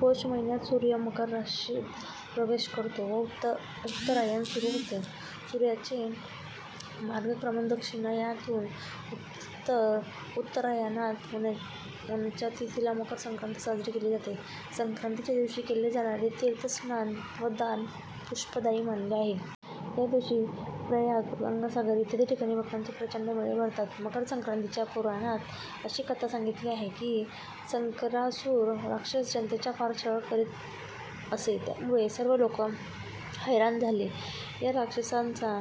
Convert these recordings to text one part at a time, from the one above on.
पौष महिन्यात सुर्य मकर राशीत प्रवेश करतो व उत्तरायण सुरू होते. सूर्याचे मार्गक्रमण दक्षिणायानातून उत्तरायणात होण्याच्या तिथीला मकर संक्रांत साजरी केली जाते. संक्रांतीच्या दिवशी केले जाणारे तीर्थ स्नान व दान पुष्यदायी मानले आहे. या दिवशी प्रयाग, गंगासागर इत्यादी ठिकाणी भक्तांचे प्रचंड मेळे भरतात. मकरसंक्रांतीची पुराणात अशी कथा सांगितली आहे की संकरासुर राक्षस जनतेचा फार छळ करीत असे यामुळे सर्व लोक हैराण झाले. या राक्षसाचा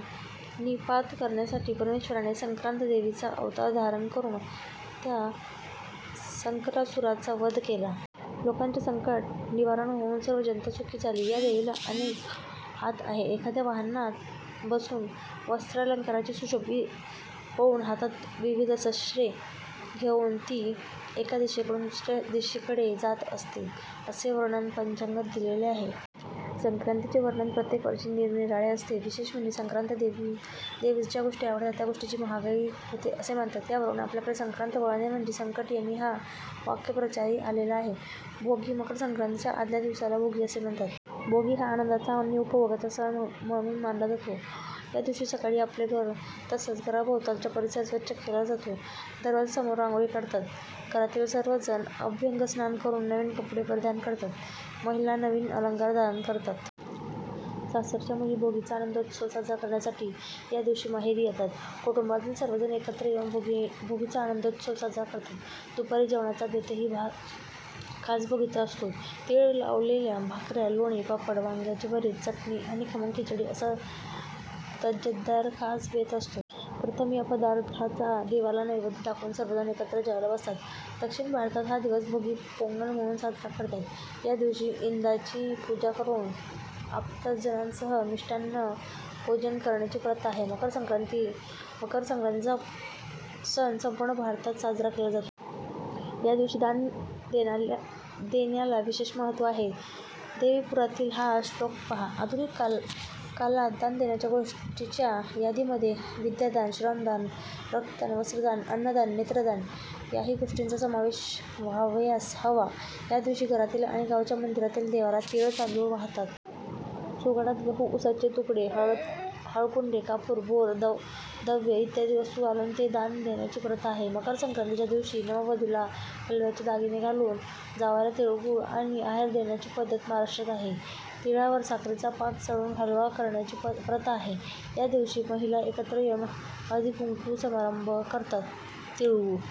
नि:पात करण्यासाठी परमेश्वराने संक्रांत देवीचा अवतार धारण करून त्या संकरासुराचा वध केला. लोकांचे संकट निवारण होउन सर्व जनता सुखी झाली. या देवीला अनेक हात आहेत. एखाद्या वाहनावर बसून वस्त्रालंकारानी सुशोभित होऊन, हातात विविध शस्त्रे घेऊन ती एका दिशेकडून दुसरया दिशेकडे जात असते असे वर्णन पंचांगात दिलेले आहे. संक्रांतीचे वर्णन प्रत्येक वर्षी निरनिराळे असते. विशेष म्हणजे संक्रांत देवीस ज्या गोष्टी आवडतात त्या गोष्टींची महागाई होते असे मानतात यावरून आपल्याकडे संक्रांत वळणे म्हणजे संकट येणे हा वाक्प्रचारही आलेला आहे. भोगी: मकर संक्रांतीच्या आदल्या दिवसाला भोगी असे म्हणतात. भोगी हा आनंदाचा आणि उपभोगाचा सण म्हणून मानला जातो. या दिवशी सकाळी आपले घर तसंच घरासभोवतालचा परिसर स्वच्छ केला जातो. दरवाजासमोर रांगोळी काढतात. घरातील सर्व जण अभ्यंगस्नान करून नवीन कपडे परिधान करतात. महिला नवीन अलंकार धारण करतात. सासरच्या मुली भोगीचा आनंदोत्सव साजरा करण्यासाठी या दिवशी माहेरी येतात. कुटुंबातील सर्वजण एकत्र येऊन भोगीचा आनंदोत्सव साजरा करतात. दुपारी जेवणाचा बेतही खास भोगीचा असतो. तीळ लावलेल्या भाकऱ्या, लोणी, पापड, वांग्याचे भरीत, चटणी आणि खमंग खिचडी असा लज्जतदार खास बेत असतो. प्रथम या पदार्थाचा देवाला नैवेद्य दाखवून सर्वजण एकत्र जेवायला बसतात. दक्षिण भारतात हा दिवस भोगी पोंगल म्हणून साजरा करतात. या दिवशी इंदाची पूजा करून आप्तजनांसह मिष्टान्न भोजन करण्याची प्रथा आहे. मकर संक्रांती: मकर संक्रांतीचा सण संपूर्ण भारतात साजरा केला जातो. या दिवशी दान देण्याला विशेष महत्त्व आहे. देवीपुराणातील हा श्लोक पहा. आधुनिक कालात दान देण्याच्या गोष्टींच्या यादीमध्ये विद्यादान, श्रमदान, रक्तदान, वस्त्रदान, अन्नदान, नेत्रदान याही गोष्टींचा समावेश व्हावयास हवा. यादिवशी घरातील आणि गावच्या मंदिरातील देवाला तीळ-तांदुळ वाहतात. सुगडात गहू, उसाचे तुकडे, हळकुंडे, कापूर, बोरं, दव्य इत्यादी वस्तू घालून ते दान देण्याची प्रथा आहे. मकर संक्रांतीच्या दिवशी नववधूला हलव्याचे दागिने घालून जावयाला तिळगूळ आणि आहेर देण्याची पद्धत महाराष्ट्रात आहे. तिळावर साखरेचा पाक चढवून हलवा करण्याची प्रथा आहे. या दिवशी महिला एकत्र येऊन हळदीकुंकू समारंभ करतात, तिळगुळ